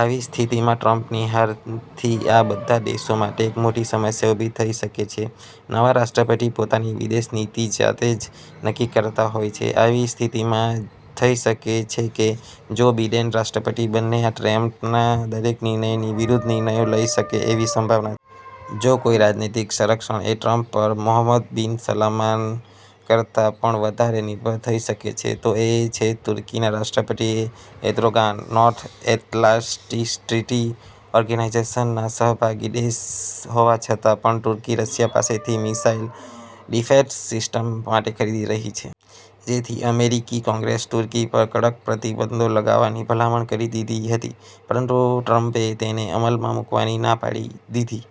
આવી સ્થિતિમાં ટ્રમ્પની હારથી આ બધા દેશો માટે એક મોટી સમસ્યા ઉભી થઈ શકે છે. નવા રાષ્ટ્રપતિ પોતાની વિદેશ નીતિ જાતે જ નક્કી કરતા હોય છે. આવી સ્થિતિમાં થઇ શકે છે કે, જો બીડેન રાષ્ટ્રપતિ બને તો ટ્રમ્પના દરેક નિર્ણયની વિરૂદ્ધ નિર્ણયો લઈ શકે એવી સંભાવના છે. જો કોઈ રાજનૈતિક સંરક્ષણ એ ટ્રમ્પ પર મોહમ્મદ બિન સલમાન કરતા પણ વધારે નિર્ભર થઇ શકે છે, તો એ છે તુર્કીના રાષ્ટ્રપતિ Erdogan. North Atlantic Treaty Organization ના સહભાગી દેશ હોવા છતાં પણ તુર્કી રશિયા પાસેથી મિસાઈલ ડિફેંસ સિસ્ટમ માટે ખરીદી રહી છે. જેથી અમેરિકી કોંગ્રેસે તુર્કી પર કડક પ્રતિબંધો લગાવવાની ભલામણ કરી દીધી હતી પરંતુ ટ્રમ્પે તેને અમલ માં મુકવાની ના પડી દીધી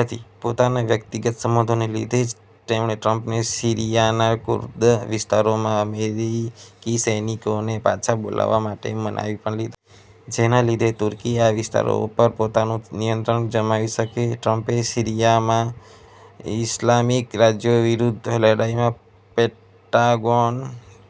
હતી. પોતાના વ્યક્તિગત સંબંધોને લીધે જ તેમણે ટ્રમ્પને સીરિયાના કુર્દ વિસ્તારોમાં અમેરિકી સૈનિકોને પાછા બોલાવવા માટે મનાવી પણ લીધા હતા. જેના લીધે તુર્કી આ વિસ્તારો પર પોતાનું નિયંત્રણ જમાવી શકે. ટ્રમ્પે સીરિયામાં ઈસ્લામિક રાજ્યો વિરૂદ્ધ લડાઈમાં પેંટાગોન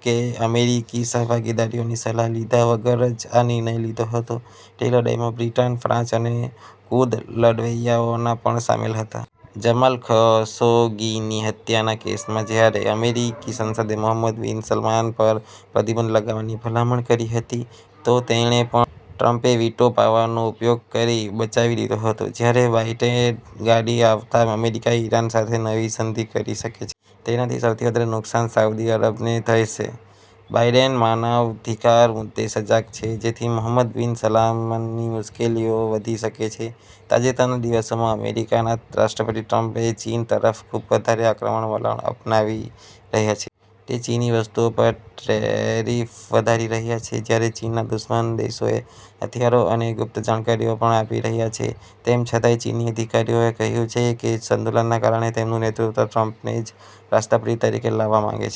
કે અમેરિકી સહભાગીઓની સલાહ લીધા વગર જ આ નિર્ણય લીધો હતો. તે લડાઈમાં બ્રિટન, ફ્રાંસ અને કુર્દ લડવૈયાઓ પણ શામેલ હતાં. જમાલ ખશોગીની હત્યાના કેસમાં જ્યારે અમેરિકી સંસદે મોહમ્મદ બિન સલમાન પર પ્રતિબંધ લગાવવાની ભલામણ કરી હતી, તો તેને પણ ટ્રમ્પે વીટો પાવરનો ઉપયોગ કરી બચાવી લીધો હતો. જ્યારે બાઈડેન ગાદી આવતા અમેરિકા ઈરાન સાથે નવી સંધી કરી શકે છે. તેનાથી સૌથી વધારે નુકસાન સાઉદ્દી અરબને થશે. બાઈડેન માનવાધિકાર મુદ્દે સજાગ છે. જેથી મોહમ્મદ બિન સલમાનની મુશ્કેલીઓ વધી શકે છે. તાજેતરના દિવસોમાં અમેરિકાના રાષ્ટ્રપતિ ટ્રમ્પ એ ચીન તરફ ખુબ વધારે આક્રમક વલણ અપનાવી રહ્યા છે. તે ચીની વસ્તુઓ પર ટ્રેરિફ વધારી રહ્યાં છે. જ્યારે ચીનના દુશ્મન દેશોને હથિયારો અને ગુપ્ત જાણકારીઓ પણ આપી રહ્યાં છે. તેમ છતાંયે ચીની અધિકારીઓએ કહ્યું છે કે, સંતુલનના કારણે તેમનું નેતૃત્વ ટ્રમ્પને જ રાષ્ટ્રપતિ તરીકે લાવવા માંગે છે.